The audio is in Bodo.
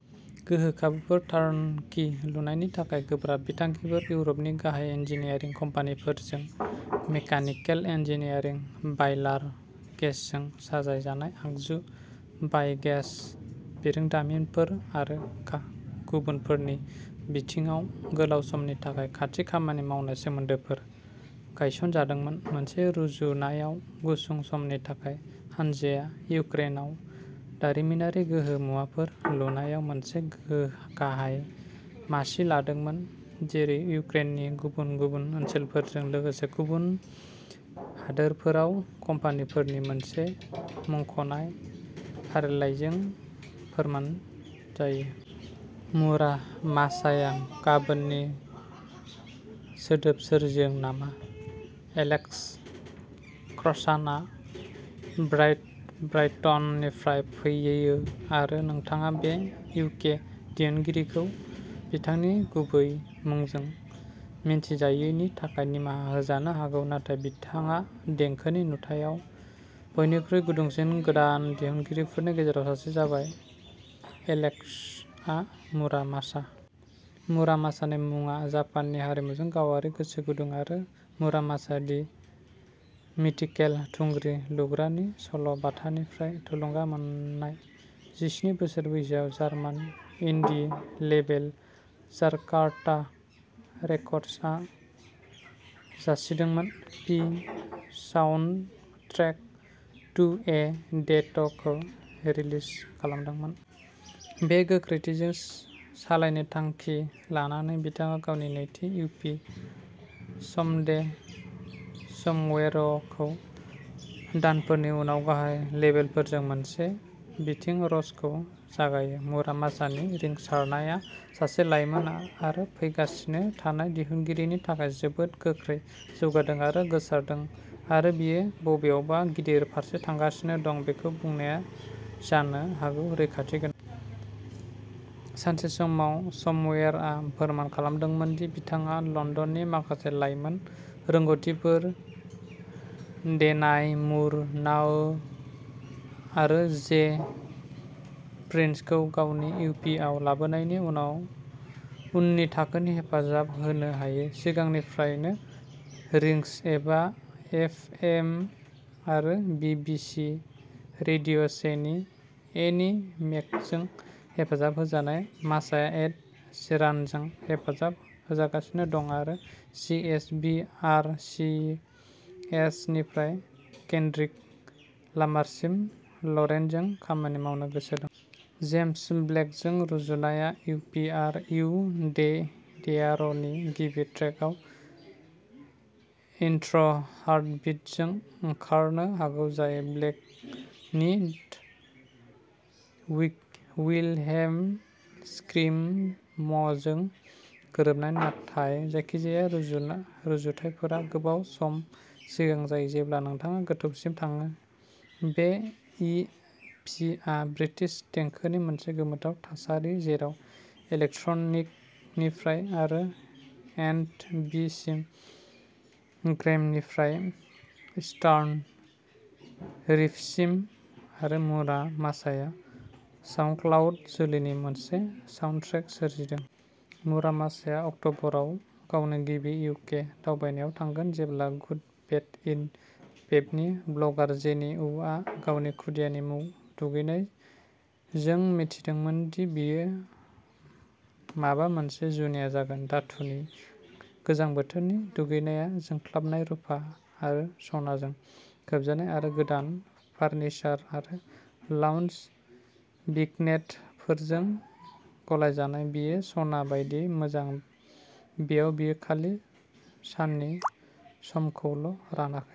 गोहो खाबुफोर टार्नकी लुनायनि थाखाय गोब्राब बिथांखिफोर। इउरपनि गाहाय इन्जिनियारिं कम्पानिफोरजों मेकानिकेल इन्जिनियारिं बायलार गेसजों साजायजानाय आगजु बाय'गेस बिरोंदामिनफोर आरो खा गुबुनफोरनि बिथिङाव गोलाव समनि थाखाय खाथि खामानि मावनाय सोमोन्दोफोर गायसनजादोंमोन। मोनसे रुजुनायाव गुसुं समनि थाखाय हानजाया इउक्रेनाव दारिमिनारि गोहो मुवाफोर लुनायाव मोनसे गो गाहाय मासि लादोंमोन जेरै इउक्रेननि गुबुन गुबुन ओनसोलफोरजों लोगोसे गुबुन हादोरफोराव कम्पानिफोरनि मोनसे मुंख'नाय फारिलाइजों फोरमान जायो। मुरा मासाया गाबोननि सोदोब सोरजिदों नामा एलेक्स क्र'सानआ ब्राइट ब्राइटननिफ्राय फैयो आरो नोंथाङा बे इउके दिहुनगिरिखौ बिथांनि गुबै मुंजों मिन्थिजायैनि थाखाय निमाहा होजानो हागौ नाथाय बिथाङा देंखोनि नुथायाव बयनिख्रुइ गुदुंसिन गोदान दिहुनगिरिफोरनि गेजेराव सासे जाबाय एलेक्सआ मुरा मासा। मुरा मासानि मुङा जापाननि हारिमुजों गावारि गोसो गुदुं आरो मुरामासा दि मिथिकेल थुंग्रि लुग्रानि सल' बाथानिफ्राय थुलुंगा मोननाय। जिस्नि बोसोर बैसोआव जार्मान इन्डी लेबेल जाकार्ता रेकर्डसआ जासिदोंमोन। पि साउन्डट्रेक टू ए डेथ'खौ रिलिज खालामदोंमोन। बे गोख्रैथिजों सालायनो थांखि लानानै बिथाङा गावनि नैथि इ पि समडे समवेयर'खौ दानफोरनि उनाव गाहाय लेबेलफोरजों मोनसे बिदिं रशखौ जागायो। मुरा मासानि रिंसारनाया सासे लाइमोन आ आरो फैगासिनो थानाय दिहुनगिरिनि थाखाय जोबोद गोख्रै जौगादों आरो गोसारदों आरो बियो बबेयावबा गिदिर फारसे थांगासिनो दं बेखौ बुंनाया जानो हागौ रैखाथि गोनां। सानसे समाव समवेयरआ फोरमान खालामदोंमोन दि बिथाङा लन्दननि माखासे लाइमोन रोंग'थिफोर डेनाई मुर नाओ आरो जे प्रिन्सखौ गावनि इ पि आव लाबोनायनि उनाव उननि थाखोनि हेफाजाब होनो हायो। सिगांनिफ्रायनो रिंस एफ एम आरो बि बि सि रेडिअ' से नि एनी मेकजों हेफाजाब होजानाय मासाया एड शीरानजों हेफाजाब होजागासिनो दं आरो C H V R C S निफ्राय केन्ड्रिक लामासिम लरेनजों खामानि मावनो गोसो दं। जेम्स ब्लेकजों रुजुनाया इ पिआर इउ दे देयार'नि गिबि ट्रेकआव इन्ट्र'हार्टबिटजों ओंखारनो हागौ जाय ब्लेकनि विद विल्हेम स्क्रिममजों गोरोबनाय नाथाय रुजुनाय जायखिजाया रुजुनाय रुजुथायफोरा गोबाव सम सिगां जायो जेब्ला नोंथाङा गोथौसिम थाङो। बे इ पि आ ब्रिटिश देंखोनि मोनसे गोमोथाव थासारि जेराव इलेक्ट्रनिकनिफ्राय आर एन्ड बि सिम ग्राइमनिफ्राय इस्टार्न रिफ्ससिम आरो मुरा मासाया साउन्डक्लाउड जोलैनि मोनसे साउन्डट्रेक सोरजिदों। मुरा मासाया अक्टबराव गावनि गिबि इउ के दावबायनायाव थांगोन। जेब्ला गुड बेड एन्ड फेबनि ब्लगार जेनी उआ गावनि खुदियानि दुगैनाय जों मिथिदोंमोन दि बेयो माबा मोनसे जुनिया जागोन! धातुनि गोजां बोथोरनि दुगैनाया जोंख्लाबनाय रुफा आरो सनाजों खोबजानाय आरो गोदान फार्निचार आरो लाउन्ज भिग्नेटफोरजों गलायजानाय। बेयो सना बायदि मोजां बेयाव बियो खालि साननि-समखौल'रानाखै।